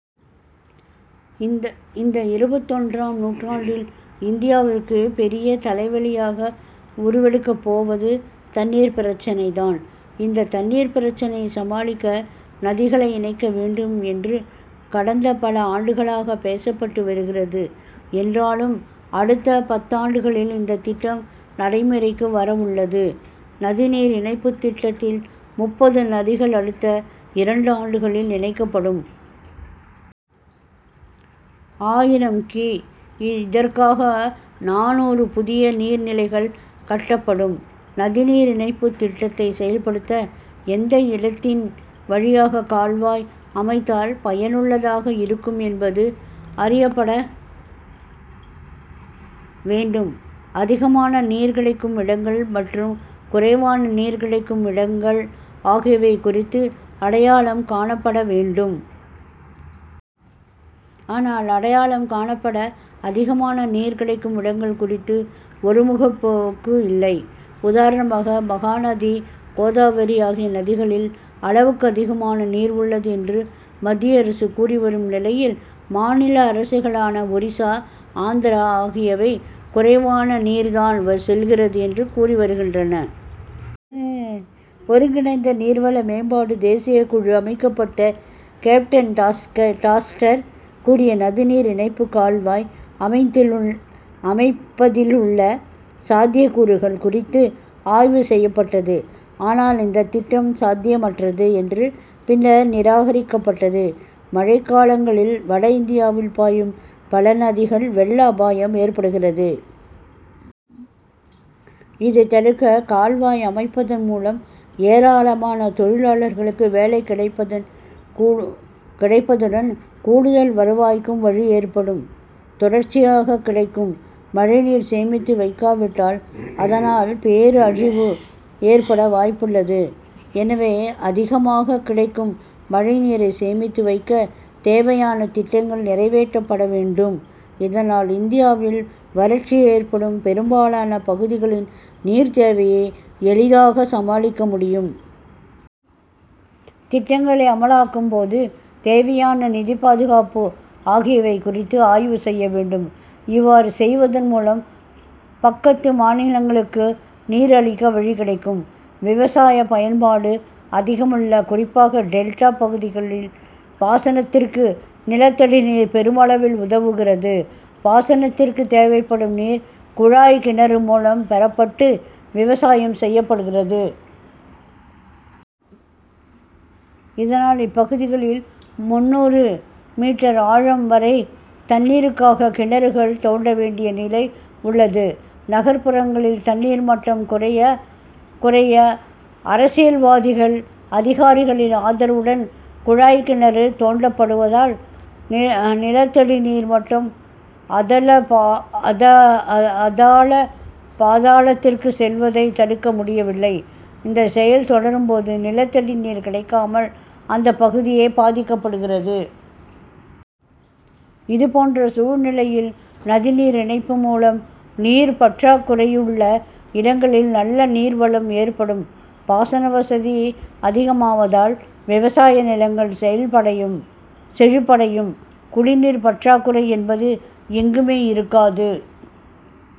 இந்த இருபத்தொன்றாம் நூற்றாண்டில் இந்தியாவிற்கு பெரிய தலைவலியாக உருவெடுக்கப் போவது தண்ணீர் பிரச்னை தான். இந்த தண்ணீர் பிரச்னையை சமாளிக்க நதிகளை இணைக்க வேண்டும் என்று கடந்த பல ஆண்டுகளாக பேசப்பட்டு வருகிறது. என்றாலும் அடுத்த பத்தாண்டுகளில் இந்த திட்டம் நடைமுறைக்கு வர உள்ளது. நதிநீர் இணைப்பு திட்டத்தில் முப்பது நதிகள் அடுத்த இரண்டு ஆண்டுகளில் இணைக்கப்படும். ஆயிரம் கி. இதற்காக நானூறு புதிய நீர் நிலைகள் கட்டப்படும். நதிநீர் இணைப்பு திட்டத்தை செயல்படுத்த எந்த இடத்தின் வழியாக கால்வாய் அமைத்தால் பயனுள்ளதாக இருக்கும் என்பது அறியப்பட வேண்டும். அதிகமான நீர் கிடைக்கும் இடங்கள் மற்றும் குறைவான நீர் கிடைக்கும் இடங்கள் ஆகியவை குறித்து அடையாளம் காணப்பட வேண்டும். ஆனால் அடையாளம் காணப்பட அதிகமான நீர் கிடைக்கும் இடங்கள் குறித்து ஒருமுகப்போக்கு இல்லை. உதாரணமாக மகாநதி கோதாவரி ஆகிய நதிகளில் அளவுக்கு அதிகமான நீர் உள்ளது என்று மத்திய அரசு கூறிவரும் நிலையில் மாநில அரசுகளான ஒரிசா ஆந்திரா ஆகியவை குறைவான நீர் தான் செல்கிறது என்று கூறி வருகின்றன. ஒருங்கிணைந்த நீர்வள மேம்பாடு தேசிய குழு அமைக்கப்பட்டு கேப்டன் டாஸ்டர் கூறிய நதிநீர் இணைப்பு கால்வாய் அமைப்பதிலுள்ள சாத்தியக்கூறுகள் குறித்து ஆய்வு செய்யப்பட்டது. ஆனால் இந்த திட்டம் சாத்தியமற்றது என்று பின்னர் நிராகரிக்கப்பட்டது. மழைக்காலங்களில் வட இந்தியாவில் பாயும் பல நதிகளில் வெள்ள அபாயம் ஏற்படுகிறது. இதை தடுக்க கால்வாய் அமைப்பதன் மூலம் ஏராளமான தொழிலாளர்களுக்கு வேலை கிடைப்பதுடன் கூடுதல் வருவாய்க்கும் வழி ஏற்படும். தொடர்ச்சியாக கிடைக்கும் மழைநீரை சேமித்து வைக்காவிட்டால் அதனால் பேரழிவு ஏற்பட வாய்ப்புள்ளது. எனவே அதிகமாக கிடைக்கும் மழைநீரை சேமித்து வைக்க தேவையான திட்டங்கள் நிறைவேற்றப்பட வேண்டும். இதனால் இந்தியாவில் வறட்சி ஏற்படும் பெரும்பாலான பகுதிகளின் நீர் தேவையை எளிதாக சமாளிக்க முடியும். திட்டங்களை அமலாக்கும் போது தேவையான நிதி பாதுகாப்பு ஆகியவை குறித்து ஆய்வு செய்ய வேண்டும். இவ்வாறு செய்வதன் மூலம் பக்கத்து மாநிலங்களுக்கு நீர் அளிக்க வழி கிடைக்கும். விவசாய பயன்பாடு அதிகமுள்ள குறிப்பாக டெல்டா பகுதிகளில் பாசனத்திற்கு நிலத்தடி நீர் பெருமளவில் உதவுகிறது. பாசனத்திற்கு தேவைப்படும் நீர் குழாய் கிணறு மூலம் பெறப்பட்டு விவசாயம் செய்யப்படுகிறது. இதனால் இப்பகுதிகளில் முந்நூறு மீ ஆழம் வரை தண்ணீருக்காக கிணறுகள் தோண்ட வேண்டிய நிலை உள்ளது. நகர்புறங்களில் தண்ணீர் மட்டம் குறைய குறைய அரசியல்வாதிகள் அதிகாரிகளின் ஆதரவுடன் குழாய் கிணறு தோண்டப்படுவதால் நிலத்தடிநீர் மட்டம் அதாள பாதாளத்திற்கு செல்வதை தடுக்க முடியவில்லை. இந்த செயல் தொடரும் போது நிலத்தடி நீர் கிடைக்காமல் அந்த பகுதியே பாதிக்கப்படுகிறது. இதுபோன்ற சூழ்நிலையில் நதிநீர் இணைப்பு மூலம் நீர் பற்றாக்குறையுள்ள இடங்களில் நல்ல நீர் வளம் ஏற்படும். பாசன வசதி அதிகமாவதால் விவசாய நிலங்கள் செழிப்படையும். குடிநீர் பற்றாக்குறை என்பது எங்குமே இருக்காது.